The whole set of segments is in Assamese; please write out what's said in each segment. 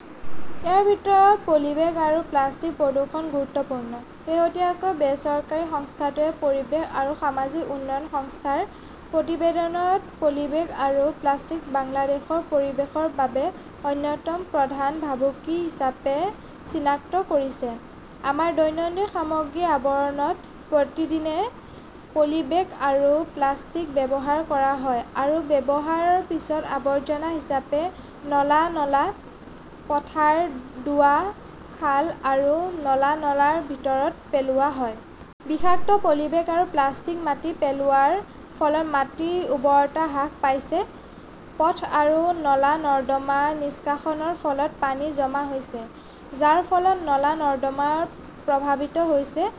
ইয়াৰ ভিতৰত পলিবেগ আৰু প্লাষ্টিকৰ প্ৰদূষণ গুৰুত্বপূৰ্ণ। শেহতীয়াকৈ বেচৰকাৰী সংস্থাটোৱে পৰিৱেশ আৰু সামাজিক উন্নয়ন সংস্থাৰ প্ৰতিবেদনত পলিবেগ আৰু প্লাষ্টিকক বাংলাদেশৰ পৰিৱেশৰ বাবে অন্যতম প্ৰধান ভাবুকি হিচাপে চিনাক্ত কৰিছে। আমাৰ দৈনন্দিন সামগ্ৰীৰ আৱৰণত প্ৰতিদিনে পলি বেগ আৰু প্লাষ্টিক ব্যৱহাৰ কৰা হয় আৰু ব্যৱহাৰৰ পিছত আৱৰ্জনা হিচাপে নলা-নলা, পথাৰ, ডুৱা, খাল আৰু নলা-নলাৰ ভিতৰত পেলোৱা হয়। বিষাক্ত পলিবেগ আৰু প্লাষ্টিক মাটিত পেলোৱাৰ ফলত মাটিৰ উৰ্বৰতা হ্ৰাস পাইছে। পথ আৰু নলা-নৰ্দমা নিষ্কাশনৰ ফলত পানী জমা হৈছে, যাৰ ফলত নলা-নৰ্দমা প্ৰভাৱিত হৈছে।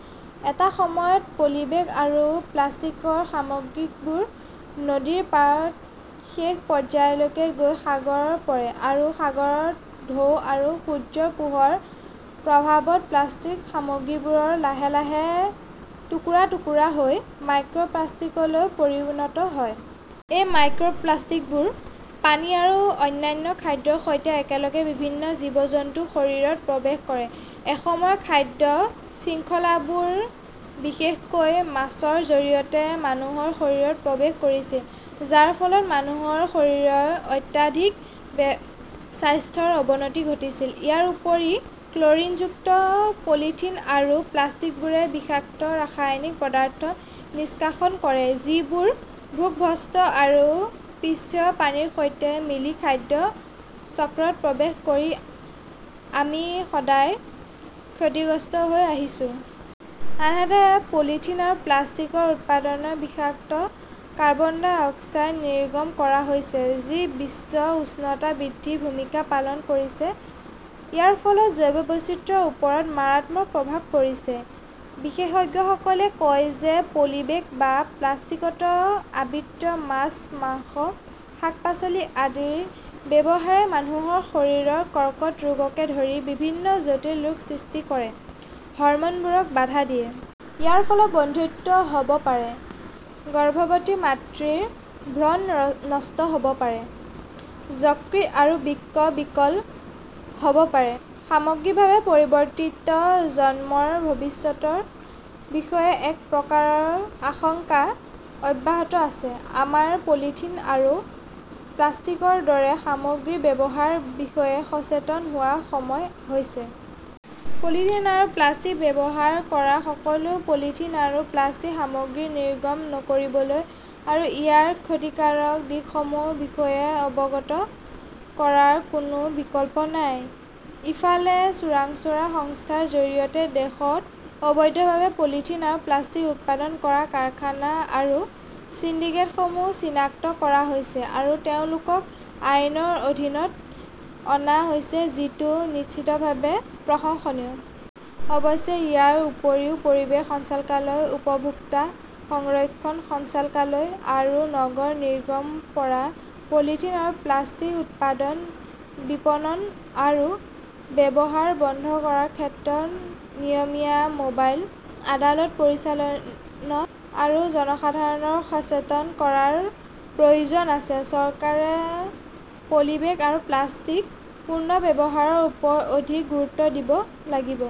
এটা সময়ত পলিবেগ আৰু প্লাষ্টিকৰ সামগ্ৰীবোৰ নদীৰ পাৰত শেষ পৰ্যায়লৈ গৈ সাগৰত পৰে আৰু সাগৰৰ ঢৌ আৰু সূৰ্যৰ পোহৰৰ প্ৰভাৱত প্লাষ্টিকৰ সামগ্ৰীবোৰ লাহে লাহে টুকুৰা-টুকুৰা হৈ মাইক্ৰ'প্লাষ্টিকলৈ পৰিণত হয়। এই মাইক্ৰ 'প্লাষ্টিকবোৰ পানী আৰু অন্যান্য খাদ্যৰ সৈতে একেলগে বিভিন্ন জীৱ-জন্তুৰ শৰীৰত প্ৰৱেশ কৰে। এসময়ত খাদ্য শৃংখলাবোৰে বিশেষকৈ মাছৰ জৰিয়তে মানুহৰ শৰীৰত প্ৰৱেশ কৰিছিল, যাৰ ফলত মানুহৰ শৰীৰত অত্যাধিক স্বাস্থ্যৰ অৱনতি ঘটিছিল। ইয়াৰ উপৰিও, ক্ল'ৰিনযুক্ত পলিথিন আৰু প্লাষ্টিকবোৰে বিষাক্ত ৰাসায়নিক পদাৰ্থ নিষ্কাশন কৰে, যিবোৰ ভূগৰ্ভস্থ আৰু পৃষ্ঠীয় পানীৰ সৈতে মিলি খাদ্য চক্ৰত প্ৰৱেশ কৰি আমি সদায় ক্ষতিগ্ৰস্ত হৈ আহিছো। আনহাতে পলিথিন আৰু প্লাষ্টিকৰ উৎপাদনত বিষাক্ত কাৰ্বন ডাই অক্সাইড নিৰ্গমন কৰা হৈছে, যি বিশ্ব উষ্ণতা বৃদ্ধিত ভূমিকা পালন কৰিছে। ইয়াৰ ফলত জৈৱ বৈচিত্ৰ্যৰ ওপৰতো মাৰাত্মক প্ৰভাৱ পৰিছে। বিশেষজ্ঞসকলে কয় যে পলিবেগ বা প্লাষ্টিকত আবৃত মাছ, মাংস, শাক-পাচলি আদিৰ ব্যৱহাৰে মানুহৰ শৰীৰত কৰ্কট ৰোগকে ধৰি বিভিন্ন জটিল ৰোগৰ সৃষ্টি কৰে, হৰম'নবোৰক বাধা দিয়ে। ইয়াৰ ফলত বন্ধ্যাত্ব হ'ব পাৰে, গৰ্ভৱতী মাতৃৰ ভ্ৰূণ নষ্ট হ'ব পাৰে, যকৃত আৰু বৃক্ক বিকল হ'ব পাৰে। সামগ্ৰিকভাৱে, পৰৱৰ্তী প্ৰজন্মৰ ভৱিষ্যতৰ বিষয়ে এক প্ৰকাৰৰ আশংকা অব্যাহত আছে। আমাৰ পলিথিন আৰু প্লাষ্টিকৰ দৰে সামগ্ৰীৰ ব্যৱহাৰৰ বিষয়ে সচেতন হোৱাৰ সময় হৈছে। পলিথিন আৰু প্লাষ্টিক ব্যৱহাৰ কৰা লোকসকলক পলিথিন আৰু প্লাষ্টিকৰ সামগ্ৰী নিৰ্গমন নকৰিবলৈ আৰু ইয়াৰ ক্ষতিকাৰক দিশসমূহৰ বিষয়ে অৱগত কৰাৰ কোনো বিকল্প নাই। ইফালে, চোৰাংচোৱা সংস্থাৰ জৰিয়তে দেশত অবৈধভাৱে পলিথিন আৰু প্লাষ্টিক উৎপাদন কৰা কাৰখানা আৰু সিন্ডিকেটসমূহ চিনাক্ত কৰা হৈছে আৰু তেওঁলোকক আইনৰ অধীনত অনা হৈছে, যিটো নিশ্চিতভাৱে প্ৰশংসনীয়। অৱশ্যে ইয়াৰ উপৰিও পৰিৱেশ সঞ্চালকালয়, উপভোক্তা সংৰক্ষণ সঞ্চালকালয় আৰু নগৰ নিগমৰ পৰা পলিথিন আৰু প্লাষ্টিকৰ উৎপাদন, বিপণন আৰু ব্যৱহাৰ বন্ধ কৰাৰ ক্ষেত্ৰত নিয়মীয়া মোবাইল আদালত পৰিচালনা আৰু জনসাধাৰণক সচেতন কৰাৰ প্ৰয়োজন আছে। চৰকাৰে পলিবেগ আৰু প্লাষ্টিক পুনৰ্ব্যৱহাৰৰ ওপৰত অধিক গুৰুত্ব দিব লাগিব।